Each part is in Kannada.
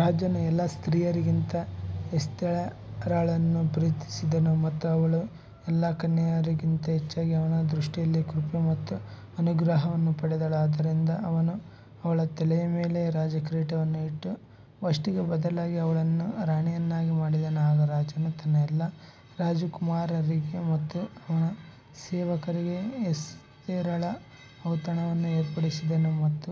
ರಾಜನು ಎಲ್ಲಾ ಸ್ತ್ರೀಯರಿಗಿಂತ ಎಸ್ತೇರಳನ್ನು ಪ್ರೀತಿಸಿದನು ಮತ್ತು ಅವಳು ಎಲ್ಲಾ ಕನ್ಯೆಯರಿಗಿಂತ ಹೆಚ್ಚಾಗಿ ಅವನ ದೃಷ್ಟಿಯಲ್ಲಿ ಕೃಪೆ ಮತ್ತು ಅನುಗ್ರಹವನ್ನು ಪಡೆದಳು, ಆದ್ದರಿಂದ ಅವನು ಅವಳ ತಲೆಯ ಮೇಲೆ ರಾಜಕಿರೀಟವನ್ನು ಇಟ್ಟು ವಷ್ಟಿಗೆ ಬದಲಾಗಿ ಅವಳನ್ನು ರಾಣಿಯನ್ನಾಗಿ ಮಾಡಿದನು. ಆಗ ರಾಜನು ತನ್ನ ಎಲ್ಲಾ ರಾಜಕುಮಾರರಿಗೆ ಮತ್ತು ಅವನ ಸೇವಕರಿಗೆ ಎಸ್ತೇರಳ ಔತಣವನ್ನು ಏರ್ಪಡಿಸಿದನು ಮತ್ತು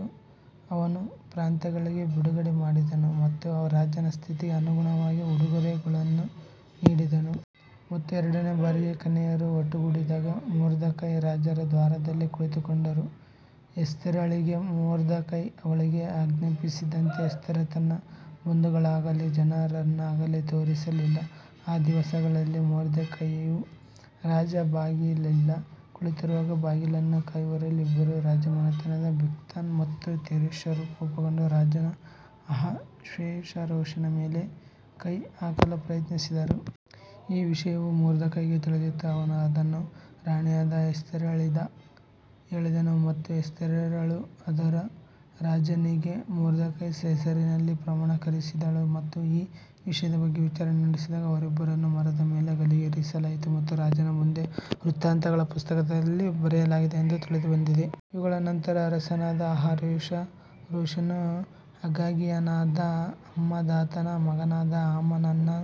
ಅವನು ಪ್ರಾಂತ್ಯಗಳಿಗೆ ಬಿಡುಗಡೆ ಮಾಡಿದನು ಮತ್ತು ರಾಜನ ಸ್ಥಿತಿಗೆ ಅನುಗುಣವಾಗಿ ಉಡುಗೊರೆಗಳನ್ನು ನೀಡಿದನು. ಮತ್ತು ಎರಡನೇ ಬಾರಿಗೆ ಕನ್ಯೆಯರು ಒಟ್ಟುಗೂಡಿದಾಗ ಮೊರ್ದೆಕೈ ರಾಜರ ದ್ವಾರದಲ್ಲಿ ಕುಳಿತುಕೊಂಡರು. ಎಸ್ತೇರಳಿಗೆ ಮೊರ್ದೆಕೈ ಅವಳಿಗೆ ಆಜ್ಞಾಪಿಸಿದಂತೆ ಎಸ್ತರ್ ತನ್ನ ಬಂಧುಗಳಾಗಲಿ ಜನರನ್ನಾಗಲಿ ತೋರಿಸಲಿಲ್ಲ ಆ ದಿವಸಗಳಲ್ಲಿ ಮೊರ್ದೆಕೈಯು ರಾಜಬಾಗಿಲಲ್ಲಿ ಕುಳಿತಿರುವಾಗ ಬಾಗಿಲನ್ನು ಕಾಯುವವರಲ್ಲಿ ಇಬ್ಬರು ರಾಜಮನೆತನದ ಬಿಗ್ತಾನ್ ಮತ್ತು ತೆರೆಷರು ಕೋಪಗೊಂಡು ರಾಜ ಅಹಷ್ವೇರೋಷನ ಮೇಲೆ ಕೈ ಹಾಕಲು ಪ್ರಯತ್ನಿಸಿದರು. ಈ ವಿಷಯವು ಮೊರ್ದೆಕೈಗೆ ತಿಳಿದಿತ್ತು, ಅವನು ಅದನ್ನು ರಾಣಿಯಾದ ಎಸ್ತೇರಳಿಗೆ ಹೇಳಿದನು ಮತ್ತು ಎಸ್ತೇರಳು ಅದರ ರಾಜನಿಗೆ ಮೊರ್ದೆಕೈಸ್ ಹೆಸರಿನಲ್ಲಿ ಪ್ರಮಾಣೀಕರಿಸಿದಳು. ಮತ್ತು ಈ ವಿಷಯದ ಬಗ್ಗೆ ವಿಚಾರಣೆ ನಡೆಸಿದಾಗ, ಅವರಿಬ್ಬರನ್ನೂ ಮರದ ಮೇಲೆ ಗಲ್ಲಿಗೇರಿಸಲಾಯಿತು ಮತ್ತು ರಾಜನ ಮುಂದೆ ವೃತ್ತಾಂತಗಳ ಪುಸ್ತಕದಲ್ಲಿ ಬರೆಯಲಾಗಿದೆ ಎಂದು ತಿಳಿದುಬಂದಿದೆ. ಇವುಗಳ ನಂತರ ಅರಸನಾದ ಅಹಷ್ವೇರೋಷನು ಅಗಾಗೀಯನಾದ ಹಮ್ಮದಾತನ ಮಗನಾದ ಹಾಮಾನನನ್ನು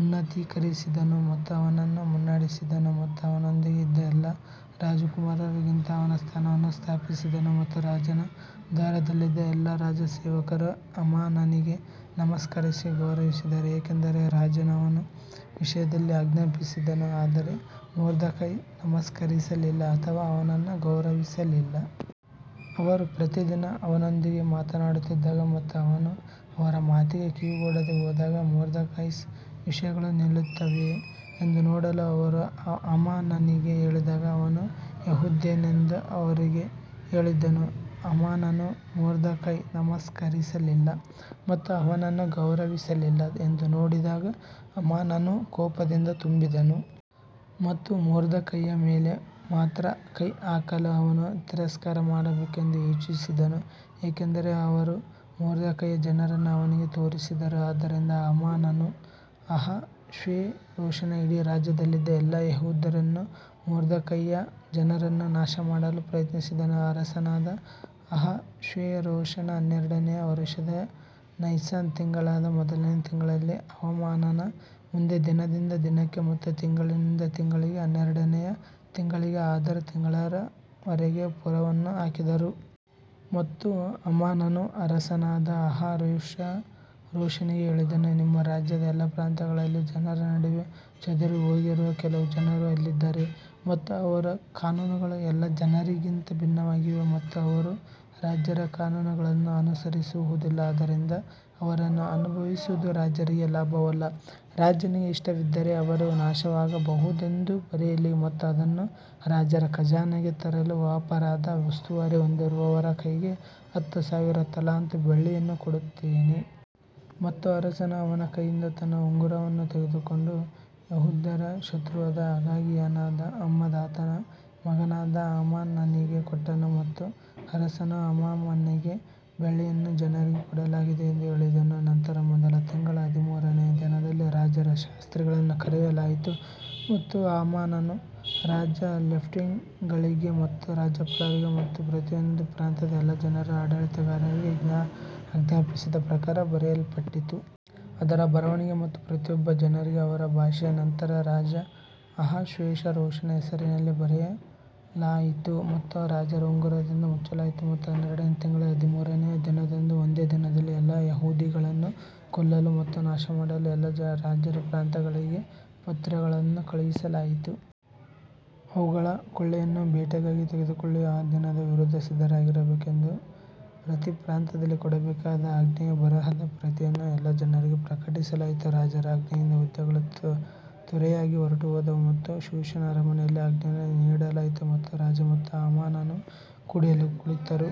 ಉನ್ನತೀಕರಿಸಿದನು ಮತ್ತು ಅವನನ್ನು ಮುನ್ನಡೆಸಿದನು ಮತ್ತು ಅವನೊಂದಿಗೆ ಇದ್ದ ಎಲ್ಲಾ ರಾಜಕುಮಾರರಿಗಿಂತ ಅವನ ಸ್ಥಾನವನ್ನು ಸ್ಥಾಪಿಸಿದನು. ಮತ್ತು ರಾಜನ ದ್ವಾರದಲ್ಲಿದ್ದ ಎಲ್ಲಾ ರಾಜ ಸೇವಕರು ಹಾಮಾನನಿಗೆ ನಮಸ್ಕರಿಸಿ ಗೌರವಿಸಿದರು, ಏಕೆಂದರೆ ರಾಜನು ಅವನ ವಿಷಯದಲ್ಲಿ ಆಜ್ಞಾಪಿಸಿದನು ಆದರೆ ಮೊರ್ದೆಕೈ ನಮಸ್ಕರಿಸಲಿಲ್ಲ ಅಥವಾ ಅವನನ್ನು ಗೌರವಿಸಲಿಲ್ಲ. ಅವರು ಪ್ರತಿದಿನ ಅವನೊಂದಿಗೆ ಮಾತನಾಡುತ್ತಿದ್ದಾಗ ಮತ್ತು ಅವನು ಅವರ ಮಾತಿಗೆ ಕಿವಿಗೊಡದೆ ಹೋದಾಗ ಮೊರ್ದೆಕೈಸ್ ವಿಷಯಗಳು ನಿಲ್ಲುತ್ತವೆಯೇ ಎಂದು ನೋಡಲು ಅವರು ಹಾಮಾನನಿಗೆ ಹೇಳಿದಾಗ ಅವನು ಯೆಹೂದ್ಯನೆಂದು ಅವರಿಗೆ ಹೇಳಿದ್ದನು. ಹಾಮಾನನು ಮೊರ್ದೆಕೈ ನಮಸ್ಕರಿಸಲಿಲ್ಲ ಮತ್ತು ಅವನನ್ನು ಗೌರವಿಸಲಿಲ್ಲ ಎಂದು ನೋಡಿದಾಗ ಹಾಮಾನನು ಕೋಪದಿಂದ ತುಂಬಿದನು. ಮತ್ತು ಮೊರ್ದೆಕೈಯ ಮೇಲೆ ಮಾತ್ರ ಕೈ ಹಾಕಲು ಅವನು ತಿರಸ್ಕಾರ ಮಾಡಬೇಕೆಂದು ಯೋಚಿಸಿದನು, ಏಕೆಂದರೆ ಅವರು ಮೊರ್ದೆಕೈಯ ಜನರನ್ನು ಅವನಿಗೆ ತೋರಿಸಿದರು, ಆದ್ದರಿಂದ ಹಾಮಾನನು ಅಹಷ್ವೇರೋಷನ ಇಡೀ ರಾಜ್ಯದಲ್ಲಿದ್ದ ಎಲ್ಲಾ ಯೆಹೂದ್ಯರನ್ನು ಮೊರ್ದೆಕೈಯ ಜನರನ್ನು ನಾಶಮಾಡಲು ಪ್ರಯತ್ನಿಸಿದನು. ಅರಸನಾದ ಅಹಷ್ವೇರೋಷನ ಹನ್ನೆರಡನೆಯ ವರುಷದ ನೈಸಾನ್ ತಿಂಗಳಾದ ಮೊದಲನೆಯ ತಿಂಗಳಲ್ಲಿ ಹಾಮಾನನ ಮುಂದೆ ದಿನದಿಂದ ದಿನಕ್ಕೆ ಮತ್ತು ತಿಂಗಳಿನಿಂದ ತಿಂಗಳಿಗೆ ಹನ್ನೆರಡನೆಯ ತಿಂಗಳಿಗೆ ಅದಾರ್ ತಿಂಗಳವರೆಗೆ ಪುರವನ್ನು ಹಾಕಿದರು. ಮತ್ತು ಹಾಮಾನನು ಅರಸನಾದ ಅಹಷ್ವೇರೋಷನಿಗೆ ಹೇಳಿದನು, ನಿಮ್ಮ ರಾಜ್ಯದ ಎಲ್ಲಾ ಪ್ರಾಂತ್ಯಗಳಲ್ಲಿ ಜನರ ನಡುವೆ ಚದುರಿಹೋಗಿರುವ ಕೆಲವು ಜನರು ಅಲ್ಲಿದ್ದಾರೆ ಮತ್ತು ಅವರ ಕಾನೂನುಗಳು ಎಲ್ಲಾ ಜನರಿಗಿಂತ ಭಿನ್ನವಾಗಿವೆ ಮತ್ತು ಅವರು ರಾಜರ ಕಾನೂನುಗಳನ್ನು ಅನುಸರಿಸುವುದಿಲ್ಲ ಆದ್ದರಿಂದ ಅವರನ್ನು ಅನುಭವಿಸುವುದು ರಾಜರಿಗೆ ಲಾಭವಲ್ಲ. ರಾಜನಿಗೆ ಇಷ್ಟವಿದ್ದರೆ ಅವರು ನಾಶವಾಗಬಹುದೆಂದು ಬರೆಯಲಿ ಮತ್ತು ಅದನ್ನು ರಾಜರ ಖಜಾನೆಗೆ ತರಲು ವ್ಯಾಪಾರದ ಉಸ್ತುವಾರಿ ಹೊಂದಿರುವವರ ಕೈಗೆ ಹತ್ತು ಸಾವಿರ ತಲಾಂತು ಬೆಳ್ಳಿಯನ್ನು ಕೊಡುತ್ತೇನೆ. ಮತ್ತು ಅರಸನು ಅವನ ಕೈಯಿಂದ ತನ್ನ ಉಂಗುರವನ್ನು ತೆಗೆದುಕೊಂಡು ಯೆಹೂದ್ಯರ ಶತ್ರುವಾದ ಅಗಾಗೀಯನಾದ ಹಮ್ಮದಾತನ ಮಗನಾದ ಹಾಮಾನನಿಗೆ ಕೊಟ್ಟನು. ಮತ್ತು ಅರಸನು ಹಾಮಾನನಿಗೆ ಬೆಳ್ಳಿಯನ್ನು ಜನರಿಗೆ ಕೊಡಲಾಗಿದೆ ಎಂದು ಹೇಳಿದನು. ನಂತರ ಮೊದಲ ತಿಂಗಳ ಹದಿಮೂರನೆಯ ದಿನದಲ್ಲಿ ರಾಜರ ಶಾಸ್ತ್ರಿಗಳನ್ನು ಕರೆಯಲಾಯಿತು ಮತ್ತು ಹಾಮಾನನು ರಾಜ ಲೆಫ್ಟಿನೆಂಟ್ಗಳಿಗೆ ಮತ್ತು ರಾಜ್ಯಪಾಲರಿಗೆ ಮತ್ತು ಪ್ರತಿಯೊಂದು ಪ್ರಾಂತ್ಯದ ಎಲ್ಲಾ ಜನರ ಆಡಳಿತಗಾರರಿಗೆ ಆಜ್ಞಾಪಿಸಿದ ಪ್ರಕಾರ ಬರೆಯಲ್ಪಟ್ಟಿತು. ಅದರ ಬರವಣಿಗೆ ಮತ್ತು ಪ್ರತಿಯೊಬ್ಬ ಜನರಿಗೆ ಅವರ ಭಾಷೆಯ ನಂತರ ರಾಜ ಅಹಷ್ವೇರೋಷನ ಹೆಸರಿನಲ್ಲಿ ಬರೆಯಲಾಯಿತು ಮತ್ತು ರಾಜರ ಉಂಗುರದಿಂದ ಮುಚ್ಚಲಾಯಿತು ಮತ್ತು ಹನ್ನೆರಡನೆಯ ತಿಂಗಳ ಹದಿಮೂರನೆಯ ದಿನದಂದು ಒಂದೇ ದಿನದಲ್ಲಿ ಎಲ್ಲಾ ಯಹೂದಿಗಳನ್ನು ಕೊಲ್ಲಲು ಮತ್ತು ನಾಶಮಾಡಲು ಎಲ್ಲಾ ರಾಜರ ಪ್ರಾಂತ್ಯಗಳಿಗೆ ಪತ್ರಗಳನ್ನು ಕಳುಹಿಸಲಾಯಿತು. ಅವುಗಳ ಕೊಳ್ಳೆಯನ್ನು ಬೇಟೆಗಾಗಿ ತೆಗೆದುಕೊಳ್ಳಿ ಆ ದಿನದ ವಿರುದ್ಧ ಸಿದ್ಧರಾಗಿರಬೇಕು ಎಂದು ಪ್ರತಿ ಪ್ರಾಂತ್ಯದಲ್ಲಿ ಕೊಡಬೇಕಾದ ಆಜ್ಞೆಯ ಬರಹದ ಪ್ರತಿಯನ್ನು ಎಲ್ಲಾ ಜನರಿಗೆ ಪ್ರಕಟಿಸಲಾಯಿತು. ರಾಜರ ಆಜ್ಞೆಯಿಂದ ಹುದ್ದೆಗಳು ತ್ವರೆಯಾಗಿ ಹೊರಟುಹೋದವು ಮತ್ತು ಶೂಷನ್ ಅರಮನೆಯಲ್ಲಿ ಆಜ್ಞೆಯನ್ನು ನೀಡಲಾಯಿತು ಮತ್ತು ರಾಜ ಮತ್ತು ಹಾಮಾನನು ಕುಡಿಯಲು ಕುಳಿತರು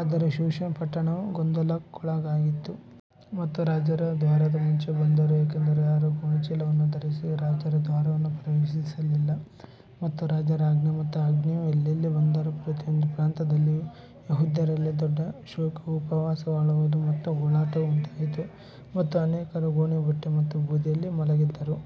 ಆದರೆ ಶೂಷನ್ ಪಟ್ಟಣವು ಗೊಂದಲಕ್ಕೊಳಗಾಯಿತು. ಮತ್ತು ರಾಜರ ದ್ವಾರದ ಮುಂಚೆಯೇ ಬಂದರು, ಏಕೆಂದರೆ ಯಾರೂ ಗೋಣಿಚೀಲವನ್ನು ಧರಿಸಿ ರಾಜರ ದ್ವಾರವನ್ನು ಪ್ರವೇಶಿಸಲಿಲ್ಲ. ಮತ್ತು ರಾಜರ ಆಜ್ಞೆ ಮತ್ತು ಆಜ್ಞೆಯು ಎಲ್ಲೆಲ್ಲಿ ಬಂದರೂ ಪ್ರತಿಯೊಂದು ಪ್ರಾಂತ್ಯದಲ್ಲಿಯೂ ಯೆಹೂದ್ಯರಲ್ಲಿ ದೊಡ್ಡ ಶೋಕವೂ ಉಪವಾಸವೂ ಅಳುವುದು ಮತ್ತು ಗೋಳಾಟವೂ ಉಂಟಾಯಿತು ಮತ್ತು ಅನೇಕರು ಗೋಣೀ ಬಟ್ಟೆ ಮತ್ತು ಬೂದಿಯಲ್ಲಿ ಮಲಗಿದ್ದರು.